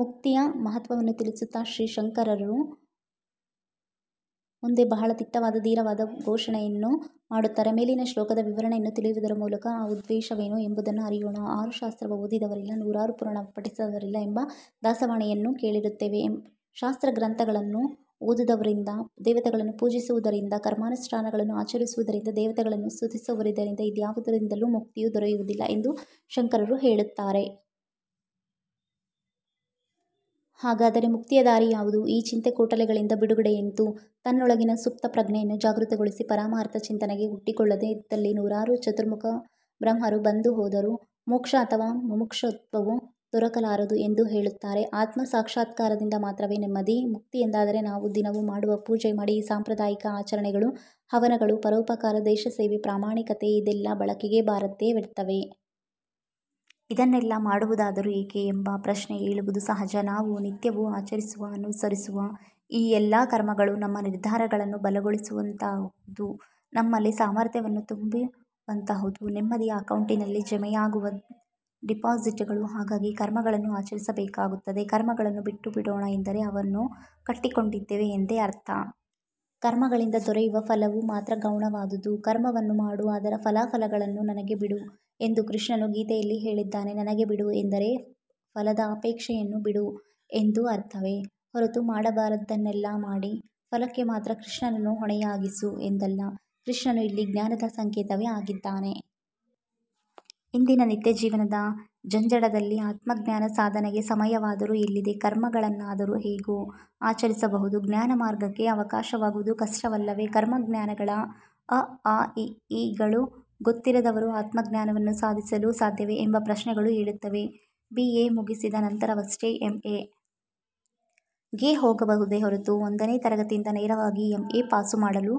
ಮುಕ್ತಿಯ ಮಹತ್ವವನ್ನು ತಿಳಿಸುತ್ತಾ ಶ್ರೀ ಶಂಕರರು ಮುಂದೆ ಬಹಳ ದಿಟ್ಟವಾದ ಧೀರವಾದ ಘೋಷಣೆಯನ್ನು ಮಾಡುತ್ತಾರೆ. ಮೇಲಿನ ಶ್ಲೋಕದ ವಿವರಣೆಯನ್ನು ತಿಳಿಯುವುದರ ಮೂಲಕ ಆ ಉದ್ಘೋಷವೇನು ಎಂಬುದನ್ನು ಅರಿಯೋಣ. "ಆರು ಶಾಸ್ತ್ರವ ಓದಿದರಿಲ್ಲ ನೂರಾರು ಪುರಾಣವ ಪಠಿಸಿದರಿಲ್ಲ" ಎಂಬ ದಾಸವಾಣಿಯನ್ನು ಕೇಳಿರುತ್ತೇವೆ. ಶಾಸ್ತ್ರಗ್ರಂಥಗಳನ್ನು ಓದುವುದರಿಂದ, ದೇವತೆಗಳನ್ನು ಪೂಜಿಸುವುದರಿಂದ, ಕರ್ಮಾನುಷ್ಠಾನಗಳನ್ನು ಆಚರಿಸುವುದರಿಂದ, ದೇವತೆಗಳನ್ನು ಸ್ತುತಿಸುವುದರಿಂದ, ಇದ್ಯಾವುದರಿಂದಲೂ ಮುಕ್ತಿಯು ದೊರೆಯುವುದಿಲ್ಲ ಎಂದು ಶಂಕರರು ಹೇಳುತ್ತಾರೆ. ಹಾಗಾದರೆ ಮುಕ್ತಿಯ ದಾರಿ ಯಾವುದು? ಈ ಚಿಂತೆ-ಕೋಟಲೆಗಳಿಂದ ಬಿಡುಗಡೆ ಎಂತು?. ತನ್ನೊಳಗಿನ ಸುಪ್ತ ಪ್ರಜ್ಞೆಯನ್ನು ಜಾಗೃತಗೊಳಿಸಿ ಪರಮಾರ್ಥ ಚಿಂತನೆಗೆ ಒಡ್ಡಿಕೊಳ್ಳದೆ ಇದ್ದಲ್ಲಿ ನೂರಾರು ಚತುರ್ಮುಖ ಬ್ರಹ್ಮರು ಬಂದು ಹೋದರೂ ಮೋಕ್ಷ ಅಥವಾ ಮುಮುಕ್ಷುತ್ವವು ದೊರಕಲಾರದು ಎಂದು ಹೇಳುತ್ತಾರೆ. ಆತ್ಮ ಸಾಕ್ಷಾತ್ಕಾರದಿಂದ ಮಾತ್ರವೇ ನೆಮ್ಮದಿ, ಮುಕ್ತಿ ಎಂದಾದರೆ ನಾವು ದಿನವೂ ಮಾಡುವ ಪೂಜೆ, ಮಡಿ, ಸಾಂಪ್ರದಾಯಿಕ ಆಚರಣೆಗಳು, ಹವನಗಳು, ಪರೋಪಕಾರ, ದೇಶಸೇವೆ, ಪ್ರಾಮಾಣಿಕತೆ ಇದೆಲ್ಲಾ ಬಳಕೆಗೆ ಬಾರದ್ದೇ ವ್ಯರ್ಥವೇ? ಇದನ್ನೆಲ್ಲಾ ಮಾಡುವುದಾದರೂ ಏಕೆ ಎಂಬ ಪ್ರಶ್ನೆ ಏಳುವುದು ಸಹಜ. ನಾವು ನಿತ್ಯವೂ ಆಚರಿಸುವ-ಅನುಸರಿಸುವ ಈ ಎಲ್ಲಾ ಕರ್ಮಗಳೂ ನಮ್ಮ ನಿರ್ಧಾರಗಳನ್ನು ಬಲಗೊಳಿಸುವಂತಹುದು. ನಮ್ಮಲ್ಲಿ ಸಾಮರ್ಥ್ಯವನ್ನು ತುಂಬುವಂತಹುದು. ನೆಮ್ಮದಿಯ ಅಕೌಂಟಿನಲ್ಲಿ ಜಮೆಯಾಗುವ ಡಿಪಾಸಿಟ್ಟುಗಳು. ಹಾಗಾಗಿ ಕರ್ಮಗಳನ್ನು ಆಚರಿಸಲೇಬೇಕಾಗುತ್ತದೆ. ಕರ್ಮಗಳನ್ನು ಬಿಟ್ಟು ಬಿಡೋಣ ಎಂದರೆ, ಅವನ್ನು ಕಟ್ಟಿಕೊಂಡಿದ್ದೇವೆ ಎಂದೇ ಅರ್ಥ!. ಕರ್ಮಗಳಿಂದ ದೊರೆಯುವ ಫಲವು ಮಾತ್ರ ಗೌಣವಾದುದು. 'ಕರ್ಮವನ್ನು ಮಾಡು ಅದರ ಫಲಾಫಲಗಳನ್ನು ನನಗೆ ಬಿಡು' ಎಂದು ಕೃಷ್ಣನು ಗೀತೆಯಲ್ಲಿ ಹೇಳಿದ್ದಾನೆ. 'ನನಗೆ ಬಿಡು' ಎಂದರೆ ಫಲದ ಅಪೇಕ್ಷೆಯನ್ನು ಬಿಡು ಎಂದು ಅರ್ಥವೇ ಹೊರತು ಮಾಡಬಾರದ್ದನ್ನೆಲ್ಲಾ ಮಾಡಿ ಫಲಕ್ಕೆ ಮಾತ್ರ ಕೃಷ್ಣನನ್ನು ಹೊಣೆಯಾಗಿಸು ಎಂದಲ್ಲ. ಕೃಷ್ಣನು ಇಲ್ಲಿ ಜ್ಞಾನದ ಸಂಕೇತವೇ ಆಗಿದ್ದಾನೆ. ಇಂದಿನ ನಿತ್ಯ ಜೀವನದ ಜಂಜಡದಲ್ಲಿ ಆತ್ಮಜ್ಞಾನ ಸಾಧನೆಗೆ ಸಮಯವಾದರೂ ಎಲ್ಲಿದೆ? ಕರ್ಮಗಳನ್ನಾದರೂ ಹೇಗೋ ಆಚರಿಸಬಹುದು, ಜ್ಞಾನಮಾರ್ಗಕ್ಕೆ ಅವಕಾಶವಾಗುವುದು ಕಷ್ಟವಲ್ಲವೆ? ಕರ್ಮ-ಜ್ಞಾನಗಳ ಅ ಆ ಇ ಈ ಗಳೂ ಗೊತ್ತಿರದವರು ಆತ್ಮಜ್ಞಾನವನ್ನು ಸಾಧಿಸಲು ಸಾಧ್ಯವೆ? ಎಂಬ ಪ್ರಶ್ನೆಗಳು ಏಳುತ್ತದೆ. ಬಿ. ಎ. ಮುಗಿಸಿದ ನಂತರವಷ್ಟೇ ಎಂ. ಎ. ಗೆ ಹೋಗಬಹುದೇ ಹೊರತು ಒಂದನೇ ತರಗತಿಯಿಂದ ನೇರವಾಗಿ ಎಂ. ಎ. ಪಾಸು ಮಾಡಲು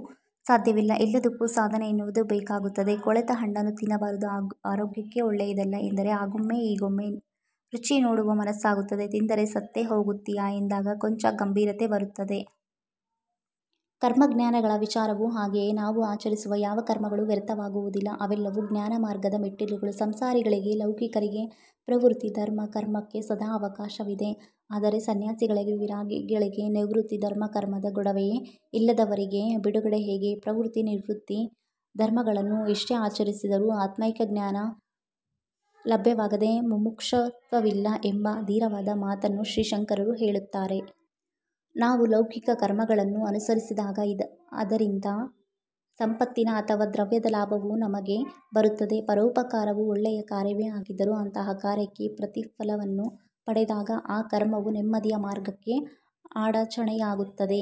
ಸಾಧ್ಯವಿಲ್ಲ. ಎಲ್ಲದಕ್ಕೂ ಸಾಧನೆ ಎನ್ನುವುದು ಬೇಕಾಗುತ್ತದೆ. 'ಕೊಳೆತ ಹಣ್ಣನ್ನು ತಿನ್ನಬಾರದು ಆರೋಗ್ಯಕ್ಕೆ ಒಳ್ಳೆಯದಲ್ಲಾ' ಎಂದರೆ ಆಗೊಮ್ಮೆ ಈಗೊಮ್ಮೆ ರುಚಿ ನೋಡುವ ಮನಸಾಗುತ್ತದೆ. 'ತಿಂದರೆ ಸತ್ತೇ ಹೋಗುತ್ತಿಯಾ' ಎಂದಾಗ ಕೊಂಚ ಗಂಭೀರತೆ ಬರುತ್ತದೆ. ಕರ್ಮ-ಜ್ಞಾನಗಳ ವಿಚಾರವೂ ಹಾಗೆಯೇ. ನಾವು ಆಚರಿಸುವ ಯಾವ ಕರ್ಮಗಳೂ ವ್ಯರ್ಥವಾಗುವುದಿಲ್ಲ, ಅವೆಲ್ಲವೂ ಜ್ಞಾನ ಮಾರ್ಗದ ಮೆಟ್ಟಿಲುಗಳು. ಸಂಸಾರಿಗಳಿಗೆ ಲೌಕಿಕರಿಗೆ ಪ್ರವೃತ್ತಿ ಧರ್ಮ ಕರ್ಮಕ್ಕೆ ಸದಾ ಅವಕಾಶವಿದೆ, ಆದರೆ ಸನ್ಯಾಸಿಗಳಿಗೆ, ವಿರಾಗಿಗಳಿಗೆ ನಿವೃತ್ತಿ ಧರ್ಮ ಕರ್ಮದ ಗೊಡವೆಯೇ ಇಲ್ಲದವರಿಗೆ ಬಿಡುಗಡೆ ಹೇಗೆ?. ಪ್ರವೃತ್ತಿ-ನಿವೃತ್ತಿ ಧರ್ಮಗಳನ್ನು ಎಷ್ಟೇ ಆಚರಿಸಿದರೂ 'ಆತ್ಮೈಕ ಜ್ಞಾನ' ಲಭ್ಯವಾಗದೆ ಮುಮುಕ್ಷುತ್ವವಿಲ್ಲ ಎಂಬ ಧೀರವಾದ ಮಾತನ್ನು ಶ್ರೀ ಶಂಕರರು ಹೇಳುತ್ತಾರೆ. ನಾವು ಲೌಕಿಕ ಕರ್ಮಗಳನ್ನು ಅನುಸರಿಸಿದಾಗ ಅದರಿಂದ ಸಂಪತ್ತಿನ ಅಥವಾ ದ್ರವ್ಯದ ಲಾಭವು ನಮಗೆ ಬರುತ್ತದೆ. ಪರೋಪಕಾರವು ಒಳ್ಳೆಯ ಕಾರ್ಯವೇ ಆಗಿದ್ದರೂ ಅಂತಹ ಕಾರ್ಯಕ್ಕೆ ಪ್ರತಿಫಲವನ್ನು ಪಡೆದಾಗ ಆ ಕರ್ಮವು ನೆಮ್ಮದಿಯ ಮಾರ್ಗಕ್ಕೆ ಅಡಾಚಣೆಯಾಗುತ್ತದೆ.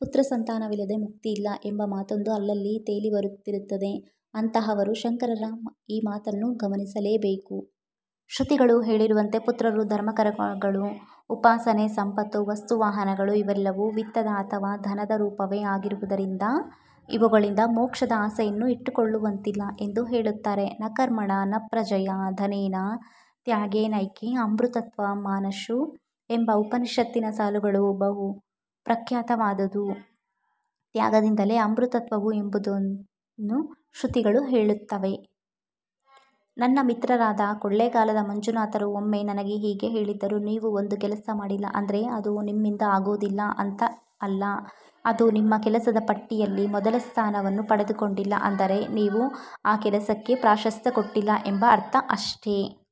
'ಪುತ್ರ ಸಂತಾನವಿಲ್ಲದೆ ಮುಕ್ತಿಯಿಲ್ಲ' ಎಂಬ ಮಾತೊಂದು ಅಲ್ಲಲ್ಲಿ ತೇಲಿ ಬರುತ್ತಿರುತ್ತದೆ. ಅಂತಹವರು ಶಂಕರರ ಈ ಮಾತನ್ನು ಗಮನಿಸಲೇ ಬೇಕು. " ಶ್ರುತಿಗಳು ಹೇಳಿರುವಂತೆ ಪುತ್ರರು, ಧರ್ಮ-ಕರ್ಮಗಳು, ಉಪಾಸನೆ, ಸಂಪತ್ತು, ವಸ್ತು-ವಾಹನಗಳು, ಇವೆಲ್ಲವೂ ವಿತ್ತದ ಅಥವಾ ಧನದ ರೂಪವೇ ಆಗಿರುವುದರಿಂದ ಇವುಗಳಿಂದ ಮೋಕ್ಷದ ಆಸೆಯನ್ನು ಇಟ್ಟುಕೊಳ್ಳುವಂತಿಲ್ಲ" ಎಂದು ಹೇಳುತ್ತಾರೆ. 'ನಕರ್ಮಣಾ ನಪ್ರಜಯಾ ಧನೇನ ತ್ಯಾಗೇನೈಕೇ ಅಮೃತತ್ವ ಮಾನಶುಃ' ಎಂಬ ಉಪನಿಷತ್ತಿನ ಸಾಲುಗಳು ಬಹು ಪ್ರಖ್ಯಾತವಾದುದು. ತ್ಯಾಗದಿಂದಲೇ ಅಮೃತತ್ವವು ಎಂಬುದನ್ನು ಶ್ರುತಿಗಳು ಹೇಳುತ್ತವೆ. ನನ್ನ ಮಿತ್ರರಾದ ಕೊಳ್ಳೇಗಾಲದ ಮಂಜುನಾಥರು ಒಮ್ಮೆ ನನಗೆ ಹೀಗೆ ಹೇಳಿದ್ದರು "ನೀವು ಒಂದು ಕೆಲಸ ಮಾಡಿಲ್ಲ ಅಂದ್ರೆ ಅದು ನಿಮ್ಮಿಂದ ಆಗೋದಿಲ್ಲ ಅಂತಾ ಅಲ್ಲ, ಅದು ನಿಮ್ಮ ಕೆಲಸದ ಪಟ್ಟಿಯಲ್ಲಿ ಮೊದಲ ಸ್ಥಾನವನ್ನು ಪಡೆದುಕೊಂಡಿಲ್ಲ, ಅಂದರೆ ನೀವು ಆ ಕೆಲಸಕ್ಕೆ ಪ್ರಾಶಸ್ತ್ಯ ಕೊಟ್ಟಿಲ್ಲ ಅಂತ ಅರ್ಥ ಅಷ್ಟೆ ".